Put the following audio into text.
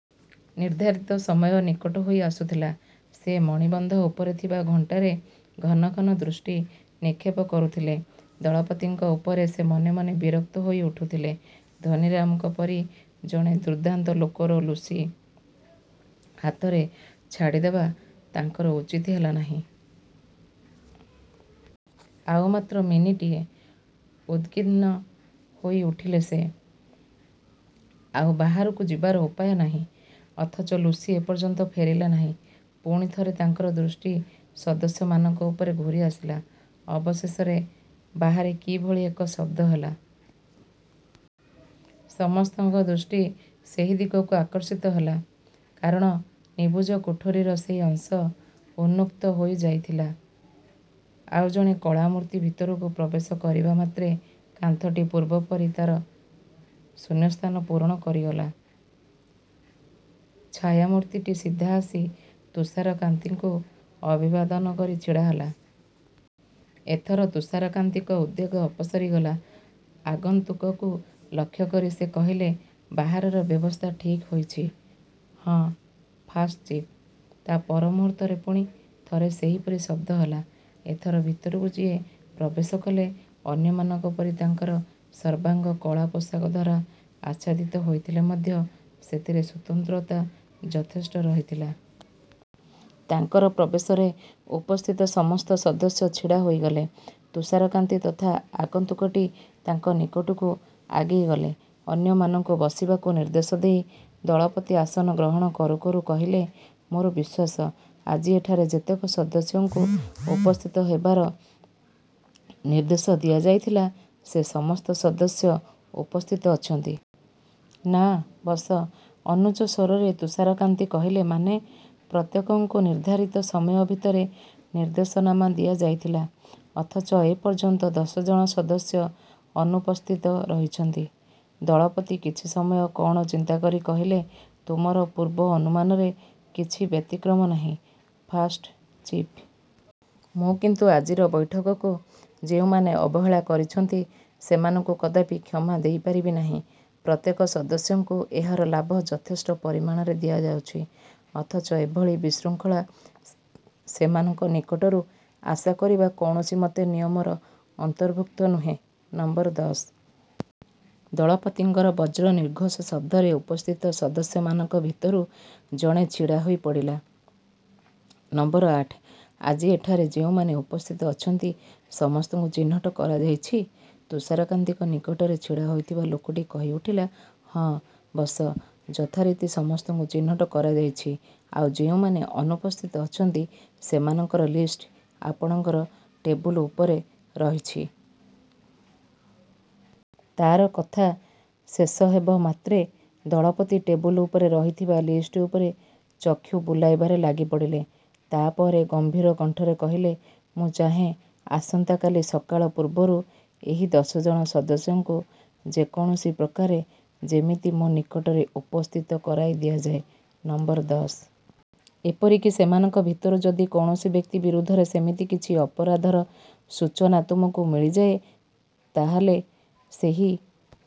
ନିର୍ଦ୍ଧାରିତ ସମୟ ନିକଟ ହୋଇ ଆସୁଥିଲା। ସେ ମଣିବନ୍ଧ ଉପରେ ଥିବା ଘଣ୍ଟାରେ ଘନ ଘନ ଦୃଷ୍ଟିନିକ୍ଷେପ କରୁଥିଲେ। ଦଳପତିଙ୍କ ଉପରେ ସେ ମନେ ମନେ ବିରକ୍ତ ହୋଇ ଉଠୁଥିଲେ। ଧନୀରାମଙ୍କ ପରି ଜଣେ ଦୁର୍ଦ୍ଦାନ୍ତ ଲୋକର ଲୁସି ହାତରେ ଛାଡ଼ିଦେବା ତାଙ୍କର ଉଚିତ ହେଲା ନାହିଁ। ଆଉ ମାତ୍ର ମିନିଟିଏ। ଉଦ୍ବିଗ୍ନ ହୋଇ ଉଠିଲେ ସେ। ଆଉ ବାହାରକୁ ଯିବାର ଉପାୟ ନାହିଁ; ଅଥଚ ଲୁସି ଏ ପର୍ଯ୍ୟନ୍ତ ଫେରିଲା ନାହିଁ। ପୁଣି ଥରେ ତାଙ୍କର ଦୃଷ୍ଟି ସଦସ୍ୟମାନଙ୍କ ଉପରେ ଘୁରି ଆସିଲା। ଅବଶେଷରେ ବାହାରେ କି ଭଳି ଏକ ଶବ୍ଦ ହେଲା। ସମସ୍ତଙ୍କ ଦୃଷ୍ଟି ସେହି ଦିଗକୁ ଆକର୍ଷିତ ହେଲା। କାରଣ ନିବୁଜ କୋଠରିର ସେହି ଅଂଶ ଉନ୍ମୁକ୍ତ ହୋଇ ଯାଇଥିଲା, ଆଉ ଜଣେ କଳା ମୂର୍ତ୍ତି ଭିତରକୁ ପ୍ରବେଶ କରିବା ମାତ୍ରେ କାନ୍ଥଟି ପୂର୍ବ ପରି ତାର ଶୂନ୍ୟସ୍ଥାନ ପୂରଣ କରିଗଲା-। ଛାୟାମୂର୍ତ୍ତିଟି ସିଧା ଆସି ତୁଷାରକାନ୍ତିଙ୍କୁ ଅଭିବାଦନ କରି ଛିଡ଼ା ହେଲା। ଏ ଥର ତୁଷାରକାନ୍ତିଙ୍କ ଉଦ୍ବେଗ ଅପସରି ଗଲା। ଆଗନ୍ତୁକକୁ ଲକ୍ଷ୍ୟ କରି ସେ କହିଲେ-ବାହାରର ବ୍ୟବସ୍ଥା ଠିକ୍ ହୋଇଛି? ହଁ, ଫାଷ୍ଟ ଚିଫ୍। ତା ପରମୁହୂର୍ତ୍ତରେ ପୁଣି। ଥରେ ସେହିପରି ଶବ୍ଦ ହେଲା। ଏଥର ଭିତରକୁ ଯିଏ ପ୍ରବେଶ କଲେ, ଅନ୍ୟମାନଙ୍କ ପରି ତାଙ୍କର ସର୍ବାଙ୍ଗ କଳା ପୋଷାକ ଦ୍ୱାରା ଆଚ୍ଛାଦିତ ହୋଇଥିଲେ ମଧ୍ୟ ସେଥିରେ ସ୍ୱତନ୍ତ୍ରତା ଯଥେଷ୍ଟ ରହିଥିଲା। ତାଙ୍କର ପ୍ରବେଶରେ ଉପସ୍ଥିତ ସମସ୍ତ ସଦସ୍ୟ ଛିଡ଼ା ହୋଇଗଲେ। ତୁଷାରକାନ୍ତି ତଥା ଆଗନ୍ତୁକଟି ତାଙ୍କ ନିକଟକୁ ଆଗେଇ ଗଲେ। ଅନ୍ୟମାନଙ୍କୁ ବସିବାକୁ ନିର୍ଦ୍ଦେଶ ଦେଇ ଦଳପତି ଆସନ ଗ୍ରହଣ କରୁ କରୁ କହିଲେ-ମୋର ବିଶ୍ୱାସ, ଆଜି ଏଠାରେ ଯେତେକ ସଦସ୍ୟଙ୍କୁ ଉପସ୍ଥିତ ହେବାର ନିର୍ଦ୍ଦେଶ ଦିଆଯାଇଥିଲା, ସେ ସମସ୍ତ ସଦସ୍ୟ ଉପସ୍ଥିତ ଅଛନ୍ତି। ନା, ବସ। -ଅନୁଚ୍ଚ ସ୍ୱରରେ ତୁଷାରକାନ୍ତି କହିଲେ। ମାନେ? ପ୍ରତ୍ୟେକଙ୍କୁ ନିର୍ଦ୍ଧାରିତ ସମୟ ଭତରେ ନିର୍ଦ୍ଦେଶନାମା ଦିଆଯାଇଥିଲା; ଅଥଚ ଏ ପର୍ଯ୍ୟନ୍ତ ଦଶ ଜଣ ସଦସ୍ୟ ଅନୁପସ୍ଥିତ ରହିଛନ୍ତି। ଦଳପତି କିଛି ସମୟ କଣ ଚିନ୍ତା କରି କହିଲେ-ତୁମର ପୂର୍ବ ଅନୁମାନରେ କିଛି ବ୍ୟତିକ୍ରମ ନାହିଁ, ଫାଷ୍ଟ ଚିଫ୍। ମୁ କିନ୍ତୁ ଆଜିର ବୈଠକକୁ ଯେଉଁମାନେ ଅବହେଳା କରିଛନ୍ତି, ସେମାନଙ୍କୁ କଦାପି କ୍ଷମା ଦେଇପାରିବି ନାହିଁ। ପ୍ରତ୍ୟେକ ସଦସ୍ୟଙ୍କୁ ଏହାର ଲାଭ ଯଥେଷ୍ଟ ପରିମାଣରେ ଦିଆଯାଉଛି; ଅଥଚ ଏ ଭଳି ବିଶୃଙ୍ଖଳା ସେମାନଙ୍କ ନିକଟରୁ ଆଶା କରିବା କୌଣସିମତେ ନିୟମର ଅନ୍ତର୍ଭୁକ୍ତ ନୁହେଁ। ନମ୍ବର ଦଶ! ଦଳପତିଙ୍କର ବଜ୍ରନିର୍ଘୋଷ ଶବ୍ଦରେ ଉପସ୍ଥିତ ସଦସ୍ୟ ମାନଙ୍କ ଭିତରୁ ଜଣେ ଛିଡ଼ା ହୋଇପଡ଼ିଲା। ନମ୍ବର ଆଠ, ଆଜି ଏଠାରେ ଯେଉଁମାନେ ଉପସ୍ଥିତ ଅଛନ୍ତି ସମସ୍ତଙ୍କୁ ଚିହ୍ନଟ କରାଯାଇଛି? ତୁଷାରକାନ୍ତିଙ୍କ ନିକଟରେ ଛିଡ଼ା ହୋଇଥିବା ଲୋକଟି କହି ଉଠିଲା-ହଁ, ବସ। ଯଥାରୀତି ସମସ୍ତଙ୍କୁ ଚିହ୍ନଟ କରାଯାଇଛି, ଆଉ ଯେଉଁମାନେ ଅନୁପସ୍ଥିତ ଅଛନ୍ତି, ସେମାନଙ୍କର ଲିଷ୍ଟ ଆପଣଙ୍କର ଟେବୁଲ ଉପରେ ରହିଛି। ତାର କଥା ଶେଷ ହେବ ମାତ୍ରେ ଦଳପତି ଟେବୁଲ ଉପରେ ରହିଥିବା ଲିଷ୍ଟ ଉପରେ ଚକ୍ଷୁ ବୁଲାଇବାରେ ଲାଗିପଡ଼ିଲେ। ତା ପରେ ଗମ୍ଭୀର କଣ୍ଠରେ କହିଲେ-''ମୁଁ ଚାହେଁ ଆସନ୍ତା କାଲି ସକାଳ ପୂର୍ବରୁ ଏହି ଦଶ ଜଣ ସଦସ୍ୟଙ୍କୁ ଯେ କୌଣସି ପ୍ରକାରେ ଯେମିତି ମୋ ନିକଟରେ ଉପସ୍ଥିତ କରାଇ ଦିଆଯାଏ, ନମ୍ବର ଦଶ। ଏପରିକି ସେମାନଙ୍କ ଭିତରୁ ଯଦି କୌଣସି ବ୍ୟକ୍ତି ବିରୁଦ୍ଧରେ ସେମିତି କିଛି ଅପରାଧର ସୂଚନା ତୁମକୁ ମିଳିଯାଏ, ତା ହେଲେ ସେହି